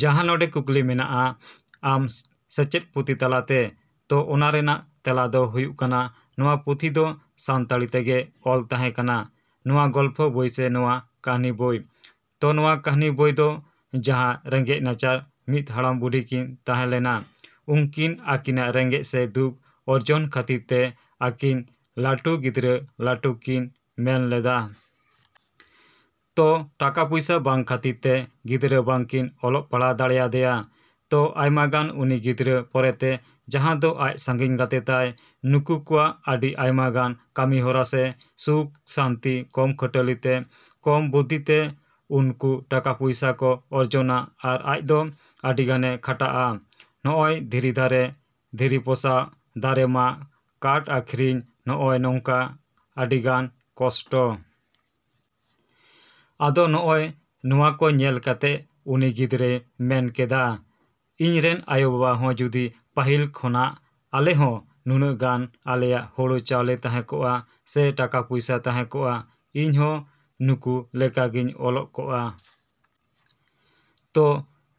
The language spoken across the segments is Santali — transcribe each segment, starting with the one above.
ᱡᱟᱦᱟᱸ ᱱᱚᱰᱮ ᱠᱩᱠᱞᱤ ᱢᱮᱱᱟᱜᱼᱟ ᱟᱢ ᱥᱮᱪᱮᱫ ᱯᱩᱛᱷᱤ ᱛᱟᱞᱟᱛᱮ, ᱛᱚ ᱚᱱᱟ ᱨᱮᱱᱟᱜ ᱛᱮᱞᱟ ᱫᱚ ᱦᱩᱭᱩᱜ ᱠᱟᱱᱟ ᱱᱚᱣᱟ ᱯᱩᱛᱷᱤ ᱫᱚ ᱥᱟᱱᱛᱟᱲᱤ ᱛᱮᱜᱮ ᱚᱞ ᱛᱟᱦᱮᱸ ᱠᱟᱱᱟ, ᱱᱚᱣᱟ ᱜᱚᱞᱯᱷᱚ ᱵᱳᱭ ᱥᱮ ᱱᱚᱣᱟ ᱠᱟᱹᱦᱱᱤ ᱵᱳᱭ᱾ ᱛᱚ ᱱᱚᱣᱟ ᱠᱟᱹᱦᱱᱤ ᱵᱳᱭ ᱫᱚ ᱡᱟᱦᱟᱸ ᱨᱮᱸᱜᱮᱡ ᱱᱟᱪᱟᱨ ᱢᱤᱫ ᱦᱟᱲᱟᱢ ᱵᱩᱰᱷᱤ ᱠᱤᱱ ᱛᱟᱦᱮᱸ ᱞᱮᱱᱟ, ᱩᱱᱠᱤᱱ ᱟᱹᱠᱤᱱᱟᱜ ᱨᱮᱸᱜᱮᱡ ᱥᱮ ᱫᱩᱠ ᱚᱨᱡᱚᱱ ᱠᱷᱟᱹᱛᱤᱨ ᱛᱮ ᱟᱹᱠᱤᱱ ᱞᱟᱹᱴᱩ ᱜᱤᱫᱽᱨᱟᱹ ᱞᱟᱹᱴᱩ ᱠᱤᱱ ᱢᱮᱱ ᱞᱮᱫᱟ᱾ ᱛᱚ ᱴᱟᱠᱟ ᱯᱚᱭᱥᱟ ᱵᱟᱝ ᱠᱷᱟᱹᱛᱤᱨ ᱛᱮ ᱜᱤᱫᱽᱨᱟᱹ ᱵᱟᱝᱠᱤᱱ ᱚᱞᱚᱜ ᱯᱟᱲᱦᱟᱜ ᱫᱟᱲᱮᱭᱟᱫᱮᱭᱟ᱾ ᱛᱚ ᱟᱭᱢᱟᱜᱟᱱ ᱩᱱᱤ ᱜᱤᱫᱽᱨᱟᱹ ᱯᱚᱨᱮᱛᱮ ᱡᱟᱦᱟᱸ ᱫᱚ ᱟᱡ ᱥᱟᱺᱜᱤᱧ ᱜᱟᱛᱮ ᱛᱟᱭ ᱱᱩᱠᱩ ᱠᱚᱣᱟᱜ ᱟᱹᱰᱤ ᱟᱭᱢᱟᱜᱟᱱ ᱠᱟᱹᱢᱤᱦᱚᱨᱟ ᱥᱮ ᱥᱩᱠ ᱥᱟᱱᱛᱤ ᱠᱚᱢ ᱠᱷᱟᱴᱟᱞᱤ ᱛᱮ, ᱠᱚᱢ ᱵᱩᱫᱽᱫᱷᱤᱛᱮ ᱩᱱᱠᱩ ᱴᱟᱠᱟ ᱯᱚᱭᱥᱟᱠᱚ ᱚᱨᱡᱚᱱᱟ ᱟᱨ ᱟᱡ ᱫᱚ ᱟᱹᱰᱤᱜᱟᱱᱮ ᱠᱷᱟᱴᱟᱜᱼᱟ, ᱱᱚᱜᱼᱚᱭ ᱫᱷᱤᱨᱤ ᱫᱟᱨᱮ, ᱫᱷᱤᱨᱤ ᱯᱚᱥᱟᱜ, ᱫᱟᱨᱮᱢᱟᱜ ᱠᱟᱴᱷ ᱟᱹᱠᱷᱨᱤᱧ, ᱱᱚᱜᱼᱚᱭ ᱱᱚᱝᱠᱟ ᱟᱹᱰᱤᱜᱟᱱ ᱠᱚᱥᱴᱚ᱾ ᱟᱫᱚ ᱱᱚᱜᱼᱚᱭ ᱱᱚᱣᱟ ᱠᱚ ᱧᱮᱞ ᱠᱟᱛᱮ ᱩᱱᱤ ᱜᱤᱫᱽᱨᱟᱹᱭ ᱢᱮᱱ ᱠᱮᱫᱟ, "ᱤᱧ ᱨᱮᱱ ᱟᱭᱳ-ᱵᱟᱵᱟ ᱦᱚᱸ ᱡᱩᱫᱤ ᱯᱟᱹᱦᱤᱞ ᱠᱷᱚᱱᱟᱜ ᱟᱞᱮ ᱦᱚᱸ ᱱᱩᱱᱟᱹᱜ ᱜᱟᱱ ᱟᱞᱮᱭᱟᱜ ᱦᱳᱲᱳ ᱪᱟᱣᱞᱮ ᱛᱟᱦᱮᱸ ᱠᱚᱜᱼᱟ ᱥᱮ ᱴᱟᱠᱟ ᱯᱚᱭᱥᱟ ᱛᱟᱦᱮᱸ ᱠᱚᱜᱼᱟ, ᱤᱧᱦᱚᱸ ᱱᱩᱠᱩ ᱞᱮᱠᱟ ᱜᱮᱧ ᱚᱞᱚᱜ ᱠᱚᱜᱼᱟ᱾" ᱛᱚ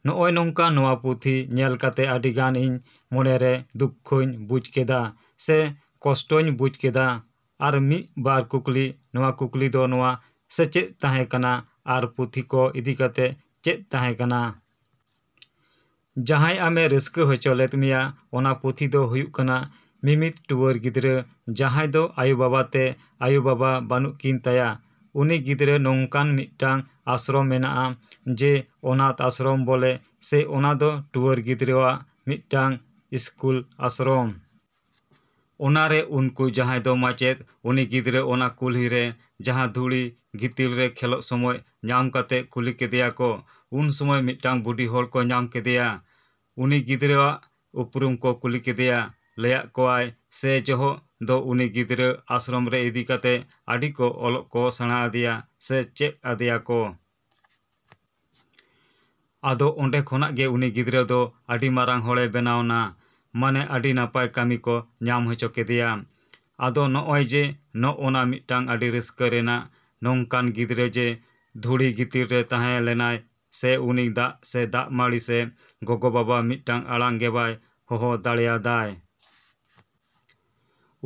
ᱱᱚᱜᱼᱚᱭ ᱱᱚᱝᱠᱟ ᱱᱚᱣᱟ ᱯᱩᱛᱷᱤᱧᱮᱞ ᱠᱟᱛᱮ ᱟᱹᱰᱤ ᱜᱟᱱ ᱤᱧ ᱢᱚᱱᱮᱨᱮ ᱫᱩᱠᱠᱷᱚᱧ ᱵᱩᱡᱽ ᱠᱮᱫᱟ ᱥᱮ ᱠᱚᱥᱴᱚᱧ ᱵᱩᱡᱽ ᱠᱮᱫᱟ᱾ ᱟᱨ ᱢᱤᱫ ᱵᱟᱨ ᱠᱩᱠᱞᱤ, ᱱᱚᱣᱟ ᱠᱩᱠᱞᱤ ᱫᱚ ᱱᱚᱣᱟ ᱥᱮᱪᱮᱫ ᱛᱟᱦᱮᱸ ᱠᱟᱱᱟ ᱟᱨ ᱯᱩᱛᱷᱤ ᱠᱚ ᱤᱫᱤ ᱠᱟᱛᱮ ᱪᱮᱫ ᱛᱟᱦᱮᱸ ᱠᱟᱱᱟ᱾ ᱡᱟᱦᱟᱸᱭ ᱟᱢᱮ ᱨᱟᱹᱥᱠᱟᱹ ᱦᱚᱪᱚ ᱞᱮᱫ ᱢᱮᱭᱟ ᱚᱱᱟ ᱯᱩᱛᱷᱤ ᱫᱚ ᱦᱩᱭᱩᱜ ᱠᱟᱱᱟ ᱢᱤᱫ ᱢᱤᱫ ᱴᱩᱣᱟᱹᱨ ᱜᱤᱫᱽᱨᱟᱹ ᱡᱟᱦᱟᱸᱭ ᱫᱚ ᱟᱭᱳ-ᱵᱟᱵᱟ ᱛᱮ ᱟᱭᱳ-ᱵᱟᱵᱟ ᱵᱟᱹᱱᱩᱜ ᱠᱤᱱ ᱛᱟᱭᱟ᱾ ᱩᱱᱤ ᱜᱤᱫᱽᱨᱟᱹ ᱱᱚᱝᱠᱟ ᱢᱤᱫᱴᱟᱝ ᱟᱥᱨᱚᱢ ᱢᱮᱱᱟᱜᱼᱟ, ᱡᱮ ᱚᱱᱟᱛᱷ ᱟᱥᱨᱚᱢ ᱵᱚᱞᱮ ᱥᱮ ᱚᱱᱟᱫᱚ ᱴᱩᱣᱟᱹᱨ ᱜᱤᱫᱽᱨᱟᱹᱣᱟᱜ ᱢᱤᱫᱴᱟᱝ ᱤᱥᱠᱩᱞ ᱟᱥᱨᱚᱢ᱾ ᱚᱱᱟᱨᱮ ᱩᱱᱠᱩ ᱡᱟᱦᱟᱭ ᱫᱚ ᱢᱟᱪᱮᱫ ᱩᱱᱤ ᱜᱤᱫᱽᱨᱟᱹ ᱚᱱᱟ ᱠᱩᱞᱦᱤ ᱨᱮ ᱡᱟᱦᱟᱸ ᱫᱷᱩᱲᱤ ᱜᱤᱛᱤᱞ ᱨᱮ ᱠᱷᱮᱞᱳᱜ ᱥᱚᱢᱚᱭ ᱧᱟᱢ ᱠᱟᱛᱮ ᱠᱩᱞᱤ ᱠᱮᱫᱮᱭᱟᱠᱚ, ᱩᱱ ᱥᱚᱢᱚᱭ ᱢᱤᱫᱴᱟᱝ ᱵᱩᱰᱷᱤ ᱦᱚᱲ ᱠᱚ ᱧᱟᱢ ᱠᱮᱫᱮᱭᱟ᱾ ᱩᱱᱤ ᱜᱤᱫᱽᱨᱟᱹᱣᱟᱜ ᱩᱯᱨᱩᱢ ᱠᱚ ᱠᱩᱞᱤ ᱠᱮᱫᱮᱭᱟ, ᱞᱟᱹᱭᱟᱜ ᱠᱚᱣᱟᱭ ᱥᱮᱭ ᱡᱚᱦᱚᱜ ᱫᱚ ᱩᱱᱤ ᱜᱤᱫᱽᱨᱟᱹ ᱟᱥᱨᱚᱢ ᱨᱮ ᱤᱫᱤ ᱠᱟᱛᱮ ᱟᱹᱰᱤ ᱠᱚ ᱚᱞᱚᱜ ᱠᱚ ᱥᱮᱬᱟ ᱟᱫᱮᱭᱟ ᱥᱮ ᱪᱮᱫ ᱟᱫᱮᱭᱟᱠᱚ᱾ ᱟᱫᱚ ᱚᱸᱰᱮ ᱠᱷᱚᱱᱟᱜ ᱜᱮ ᱩᱱᱤ ᱜᱤᱫᱽᱨᱟᱹ ᱫᱚ ᱟᱹᱰᱤ ᱢᱟᱨᱟᱝ ᱦᱚᱲᱮ ᱵᱮᱱᱟᱣᱱᱟ, ᱢᱟᱱᱮ ᱟᱹᱰᱤ ᱱᱟᱯᱟᱭ ᱠᱟᱹᱢᱤ ᱠᱚ ᱧᱟᱢ ᱦᱚᱪᱚ ᱠᱮᱫᱮᱭᱟ᱾ ᱟᱫᱚ ᱱᱚᱜᱼᱚᱭ ᱡᱮ ᱱᱚᱜᱼᱚᱱᱟ ᱢᱤᱫᱴᱮᱱ ᱟᱹᱰᱤ ᱨᱟᱹᱥᱠᱟᱹ ᱨᱮᱱᱟᱜ ᱱᱚᱝᱠᱟᱱ ᱜᱤᱫᱽᱨᱟᱹ ᱡᱮ ᱫᱷᱩᱲᱤ ᱜᱤᱛᱤᱞ ᱨᱮ ᱛᱟᱦᱮᱸ ᱞᱮᱱᱟᱭ ᱥᱮ ᱩᱱᱤ ᱫᱟᱜ ᱥᱮ ᱫᱟᱜ ᱢᱟᱹᱲᱤ ᱥᱮ ᱜᱚᱜᱚᱼᱵᱟᱵᱟ ᱢᱤᱫᱴᱟᱝ ᱟᱲᱟᱝ ᱜᱮᱵᱟᱭ ᱦᱚᱦᱚ ᱫᱟᱲᱮᱭᱟᱫᱟᱭ᱾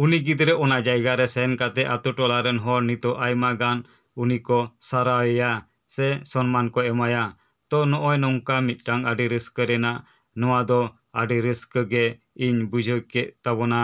ᱩᱱᱤ ᱜᱤᱫᱽᱨᱟᱹ ᱚᱱᱟ ᱡᱟᱭᱜᱟᱨᱮ ᱥᱮᱱ ᱠᱟᱛᱮ ᱟᱛᱳ ᱴᱚᱞᱟ ᱨᱮᱱ ᱦᱚᱲ ᱱᱤᱛᱚᱜ ᱟᱭᱢᱟ ᱜᱟᱱ ᱩᱱᱤ ᱠᱚ ᱥᱟᱨᱦᱟᱣᱭᱟ ᱥᱮ ᱥᱚᱱᱢᱟᱱ ᱠᱚ ᱮᱢᱟᱭᱟ᱾ ᱛᱚ ᱱᱚᱜᱼᱚᱭ ᱱᱚᱝᱠᱟ ᱢᱤᱫᱴᱟᱝ ᱟᱹᱰᱤ ᱨᱟᱹᱥᱠᱟᱹ ᱨᱮᱱᱟᱜ ᱱᱚᱣᱟᱫᱚ ᱟᱹᱰᱤ ᱨᱟᱹᱥᱠᱟᱹ ᱜᱮ ᱤᱧ ᱵᱩᱡᱷᱟᱹᱣ ᱠᱮᱜ ᱛᱟᱵᱳᱱᱟ᱾